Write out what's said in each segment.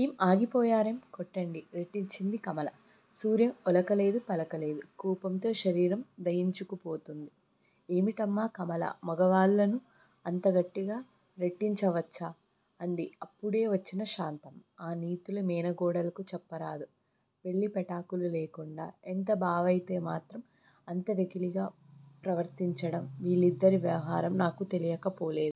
ఏం, ఆగిపోయారేం? కొట్టండి! రెట్టించింది కమల. సూర్యం ఉలకలేదు పలకలేదు. కోపంతో శరీరం దహించుకుపోతోంది. ఏమిటమ్మా కమలా మొగవాళ్ళను అంత గట్టిగా రెట్టించవచ్చా? అంది అప్పుడే వచ్చిన శాంతమ్మ. ఆ నీతులు మేనగోడలకు చెప్పరాదూ? పెళ్ళి పెటాకులు లేకుండా- ఎంత బావైతేమాత్రం అంత వెకిలిగా ప్రవర్తించడం- వీళ్ళిద్దరి వ్యవహారం నాకు తెలియక పోలేదు.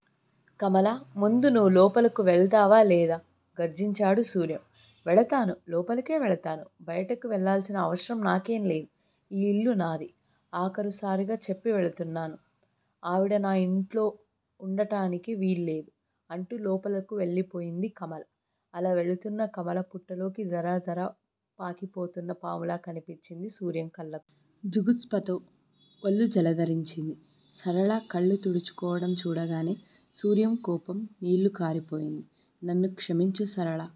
కమలా ముందు నువ్వు లోపలకు వెళతావా లేదా? గర్జించాడు సూర్యం. వెళతాను. లోపలకే వెళతాను. బయటకు వెళ్ళాల్సిన అవసరం నాకేంలేదు. ఈ ఇల్లు నాది. ఆఖరుసారిగా చెప్పి వెళుతున్నాను, ఆవిడ నా ఇంట్లో ఉండటానికి వీలులేదు అంటూ లోపలకు వెళ్ళిపోయింది కమల. అలా వెళుతున్న కమల పుట్టలోకి జరజరా పాకిపోతున్న పాములా కనిపించింది సూర్యం కళ్ళకు. జుగుప్సతో వళ్ళు జలదరించింది. సరళ కళ్ళు తుడుచుకోవటం చూడగానే సూర్యం కోపం నీళ్ళు కారిపోయింది. నన్ను క్షమించు సరళా!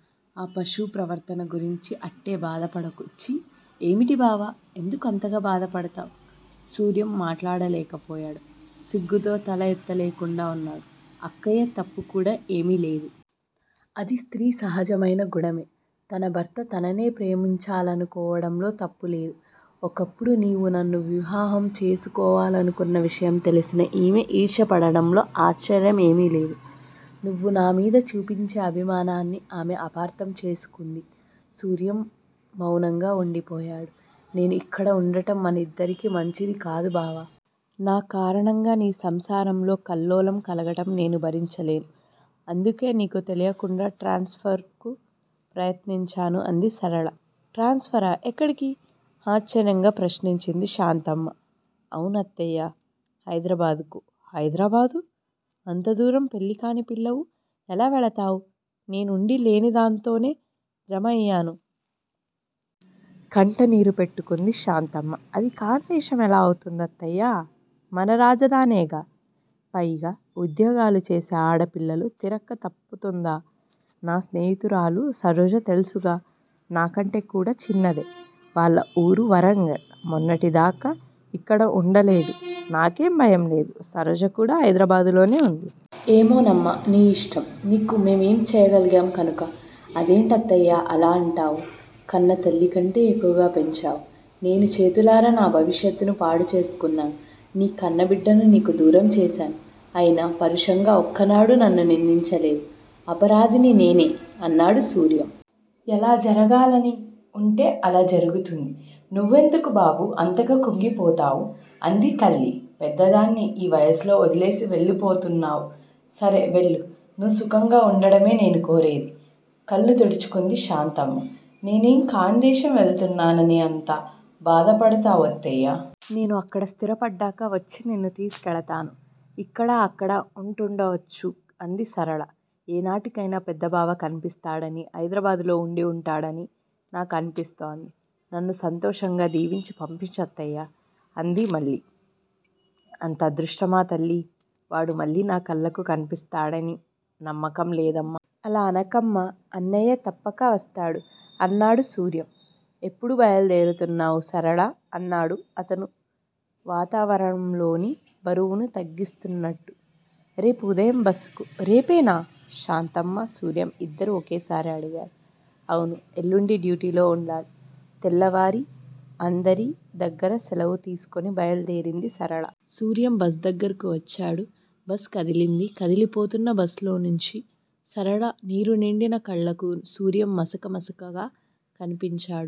ఆ పశువు ప్రవర్తన గురించి అట్టే బాధపడకు. ఛీ! ఏమిటి బావా, ఎందుకంతగా బాధపడతావు? సూర్యం మాట్లాడలేకపోయాడు. సిగ్గుతో తల ఎత్తలేకుండా ఉన్నాడు. అక్కయ్య తప్పుకూడా ఏమీలేదు. అది స్త్రీ సహజమైన గుణమే! తన భర్త తననే ప్రేమించాలనుకోవడంలో తప్పులేదు. ఒకప్పుడు నీవు నన్ను వివాహం చేసుకోవాలనుకున్న విషయం తెలిసిన ఈమె ఈర్ష్యపడటంలో ఆశ్చర్యం ఏమీలేదు. నువ్వు నామీద చూపించే అభిమానాన్ని ఆమె అపార్ధం చేసుకుంది సూర్యం మౌనంగా ఉండిపోయాడు. నేను ఇక్కడ ఉండటం మనిద్దరికీ మంచిదికాదు బావా! నా కారణంగా నీ సంసారంలో కల్లోలం కలగటం నేను భరించలేను. అందుకే నీకు తెలియకుండా ట్రాన్స్ ఫర్ కు ప్రయత్నించాను అంది సరళ. ట్రాన్స్ ఫరా? ఎక్కడికి? ఆశ్చర్యంగా ప్రశ్నించింది శాంతమ్మ. అవును అత్తయ్య! హైదరాబాదుకు. హైదరాబాదు! అంతదూరం పెళ్ళికాని పిల్లవు ఎలా వెళతావు? నేను ఉండీ లేనిదాంతోనే జమ అయ్యాను. కంట నీరు పెట్టుకుంది శాంతమ్మ. అది కానిదేశం ఎలా అవుతుంది అత్తయ్యా! మన రాజధానేగా? పైగా ఉద్యోగాలుచేసే ఆడపిల్లలు తిరక్క తప్పుతుందా? నా స్నేహితురాలు సరోజ తెల్సుగా? నాకంటేకూడా చిన్నదే. వాళ్ళ ఊరు వరంగల్. మొన్నటిదాకా ఇక్కడ వుండలేదూ? నాకేం భయం లేదు. సరోజ కూడా హైదరాబాదులోనే ఉంది. ఏమోనమ్మా, నీ ఇష్టం! నీకు మేం ఏం చెయ్యగలిగాం కనుక? అదేంటత్తయ్యా అలా అంటావు? కన్నతల్లికంటే ఎక్కువగా పెంచావు. నేను చేతులారా నా భవిష్యత్తును పాడు చేసుకున్నాను. నీ కన్నబిడ్డను నీకు దూరం చేశాను. అయినా పరుషంగా ఒక్కనాడూ నన్ను నిందించలేదు. అపరాధిని నేనే! అన్నాడు సూర్యం. ఎలా జరగాలని ఉంటే అలా జరుగుతుంది. నువ్వెందుకు బాబూ అంతగా కుంగిపోతావు? అంది తల్లి. పెద్దదాన్ని, ఈ వయసులో వదిలేసి వెళ్ళిపోతున్నావు. సరే వెళ్ళు! నువ్వు సుఖంగా వుండడమే నేను కోరేది. కళ్ళు తుడుచుకుంది శాంతమ్మ. నేను ఏం కానిదేశం వెళుతున్నానని అంత బాధపడతావు అత్తయ్యా! నేను అక్కడ స్థిరపడ్డాక వచ్చి నిన్ను తీసుకెళతాను. ఇక్కడా అక్కడా ఉంటూవుండొచ్చు అంది సరళ. ఏనాటికైనా పెద్దబావ కన్పిస్తాడనీ, హైదరాబాదులో ఉండి ఉంటాడనీ నాకు అన్పిస్తోంది. నన్ను సంతోషంగా దీవించి పంపించు అత్తయ్యా! అంది మళ్ళీ. అంత అదృష్టమా తల్లీ! వాడు మళ్ళీ నా కళ్ళకు కన్పిస్తాడని నమ్మకం లేదమ్మా! అలా అనకమ్మా! అన్నయ్య తప్పక వస్తాడు! అన్నాడు సూర్యం. ఎప్పుడు బయలుదేరుతున్నావ్ సరళా? అన్నాడు అతను వాతావరణంలోని బరువును తగ్గిస్తున్నట్టు. రేపు ఉదయం బస్ కు. రేపేనా? శాంతమ్మా, సూర్యం ఇద్దరూ ఒకేసారి అడిగారు. అవును. ఎల్లుండి డ్యూటీలో ఉండాలి. తెల్లవారి అందరి దగ్గరా శెలవు తీసుకొని బయలుదేరింది సరళ. సూర్యం బస్ దగ్గరకు వచ్చాడు. బస్ కదిలింది. కదిలిపోతున్న బస్ లోనుంచి, సరళ నీరునిండిన కళ్ళకు సూర్యం మసక మసకగా కన్పించాడు.